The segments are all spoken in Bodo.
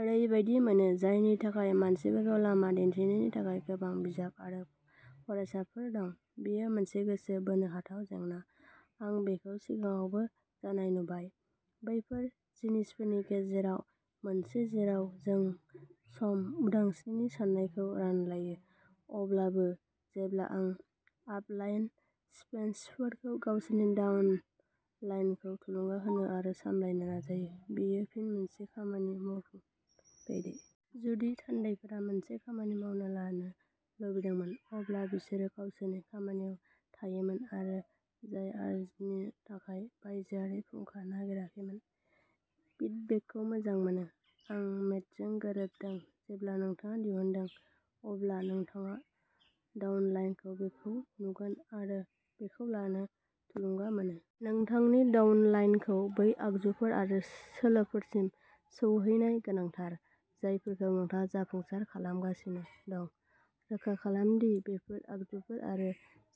ओरैबायदि मोनो, जायनि थाखाय मानसिफोरखौ लामा दिन्थिनायनि थाखाय गोबां बिजाब आरो फरायफारिफोर दं। बेयो मोनसे गोसो बोनो हाथाव जेंना। आं बेखौ सिगाङावबो जानाय नुबाय। बैफोर जिनिसफोरनि गेजेराव मोनसे जेराव जों सम उदांस्रिनि साननायखौ रानलायो, अब्लाबो जेब्ला आं आपलाइन स्पन्सर्सफोरखौ गावसोरनि डाउनलाइनखौ थुलुंगा होनो आरो सामलायनो नाजायो, बेयो फिन मोनसे खामानि मावफिन्नाय बायदि। जुदि थान्दैफोरा मोनसे खामानि लानो लुबैदोंमोन, अब्ला बिसोरो गावसोरनि खामानियाव थायोमोन आरो आय आर्जिनो थाखाय बायजोआरि फुंखा नागिराखैमोन। फिडबेकखौ मोजां मोनो आं मेटजों गोरोबदों। जेब्ला नोंथाङा दिहुनदों, अब्ला नोंथाङा डाउनलाइनआव बेखौ नुगोन आरो बेखौ लानो थुलुंगा मोनो। नोंथांनि डाउनलाइनखौ बै आगजुफोर आरो सोलोफोरसिम सौहैहोनायआ गोनांथार, जायफोरखौ नोंथाङा जाफुंसार खालामगासिनो दं। रोखा खालाम दि बेफोर आगजुफोर आरो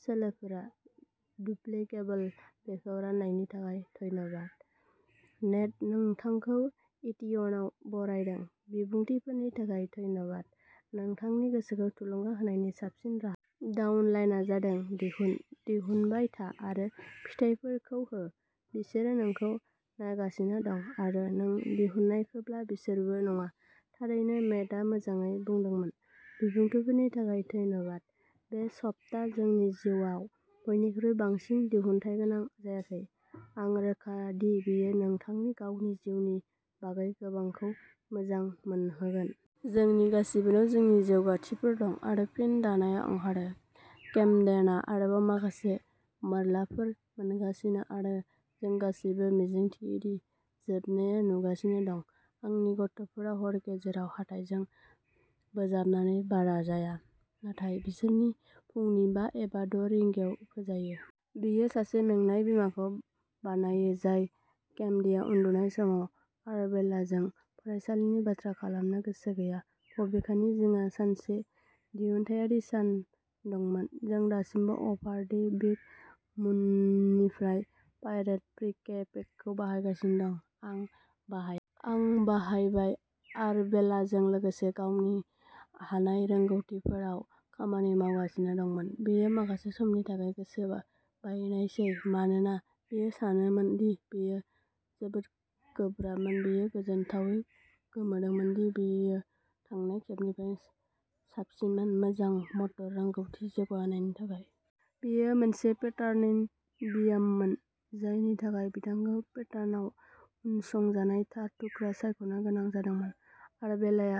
सोलोफोरा डुप्लिकेबल। बेखौ राननायनि थाखाय धन्यबा, नेट नोंथांखौ एटियेन'आव बरायदों। बिबुंथिफोरनि थाखाय धन्यबा नोंथांनि गोसोखौ थुलुंगा होनायनि साबसिन राहा। डाउनलाइनआ जादों दिहुन दिहुनबाय था आरो फिथायफोरखौ हो। बिसोरो नोंखौ नायगासिनो दं आरो नों दिहुनाखैब्ला बिसोरबो नङा। थारै, मेटआ मोजाङै बुंदोंमोन। बिबुंथिफोरनि थाखाय धन्यबा बे सप्ता जोंनि जिउआव बयनिख्रुइबो बांसिन दिहुनथायगोनां जायाखै। आं रोखा दि बेयो नोंथांनि गावनि जिउनि बागै गोबांखौ मोजां मोनहोगोन। जोंनि गासिबोनाव जोंनि जौगान्थिफोर दं आरो फिन दानाया ओंखारो! केमडेनआ आरोबाव माखासे मोलारफोर मोनगासिनो, आरो जों गासैबो मिजिंथियो दि जोबनाया नुजागासिनो दं। आंनि गथ'फोरा हर गेजेराव हाथाइजों फोजाबनानै बारा जाया, नाथाय बिसोरो फुंनि बा एबा द' रिंगायाव फोजायो। बेयो सासे मेंनाय बिमाखौ बानायो जाय केमडेनआ उन्दुनाय समाव आरबेलाजों फरायसालिनि बाथ्रा खालामनो गोसो गैया। बबेखानि, जोंहा सानसे दिहुनथायारि सान दंमोन। जों दासिमबो अभार दि बिग मुननिफ्राय पाइरेट प्रि-के पेकखौ बाहायगासिनो दं। आं बाहायबाय। आं बाहायबाय। आरबेलाजों लोगोसे गावनि हानाय रोंग'थिफोराव खामानि मावगासिनो दंमोन। बियो माखासे समनि थाखाय गोसो बायनायसै मानोना बियो सानोमोन दि बेयो जोबोद गोब्राबमोन। बियो गोजोनथावै गोमोदोंमोन दि बियो थांनाय खेबनिख्रुइ साबसिनमोन। मोजां मटर रोंग'थि जौगाहोनायनि थाखाय! बेयो मोनसे पेटार्निं ब्याममोन जायनि थाखाय बिथांखौ पेटार्नाव उनसंजानाय थार थुख्रा सायख'नो गोनां जादोंमोन। आरबेलाया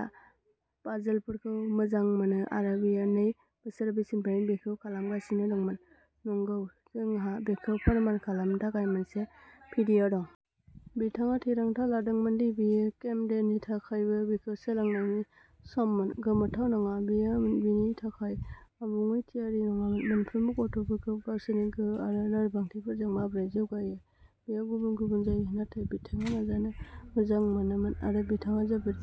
पाजोलफोरखौ मोजां मोनो आरो बियो नै बोसोर बैसोनिफ्रायनो बेखौ खालामगासिनो दंमोन। नंगौ, जोंहा बेखौ फोरमान खालामनो थाखाय मोनसे भिडिय' दं। बिथाङा थिरांथा लादोंमोन दि बेयो केमडेननि थाखायबो बेखौ सोलोंनायनि सममोन। गोमोथाव नङा, बियो बेनि थाखाय आबुङै थियारि नङामोन। मोनफ्रोमबो गथ'फोरा गावसोरनि गोहो आरो लोरबांथिफोरजों माबोरै जौगायो बेयाव गुबुन-गुबुन जायो। नाथाय बिथाङा नाजानो मोजां मोनोमोन, आरो बिथाङा जोबोद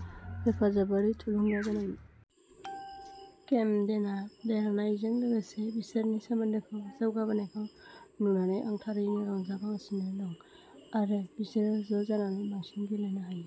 हेफाजाबारि आरो थुलुंगागोनांमोन। केमडेनआ देरनायजों लोगोसे बिसोरनि सोमोन्दोखौ जौगाबोनायखौ नुनानै आं थारैनो रंजागासिनो दं, आरो बिसोरो ज'जानानै बांसिन गेलेनो हायो।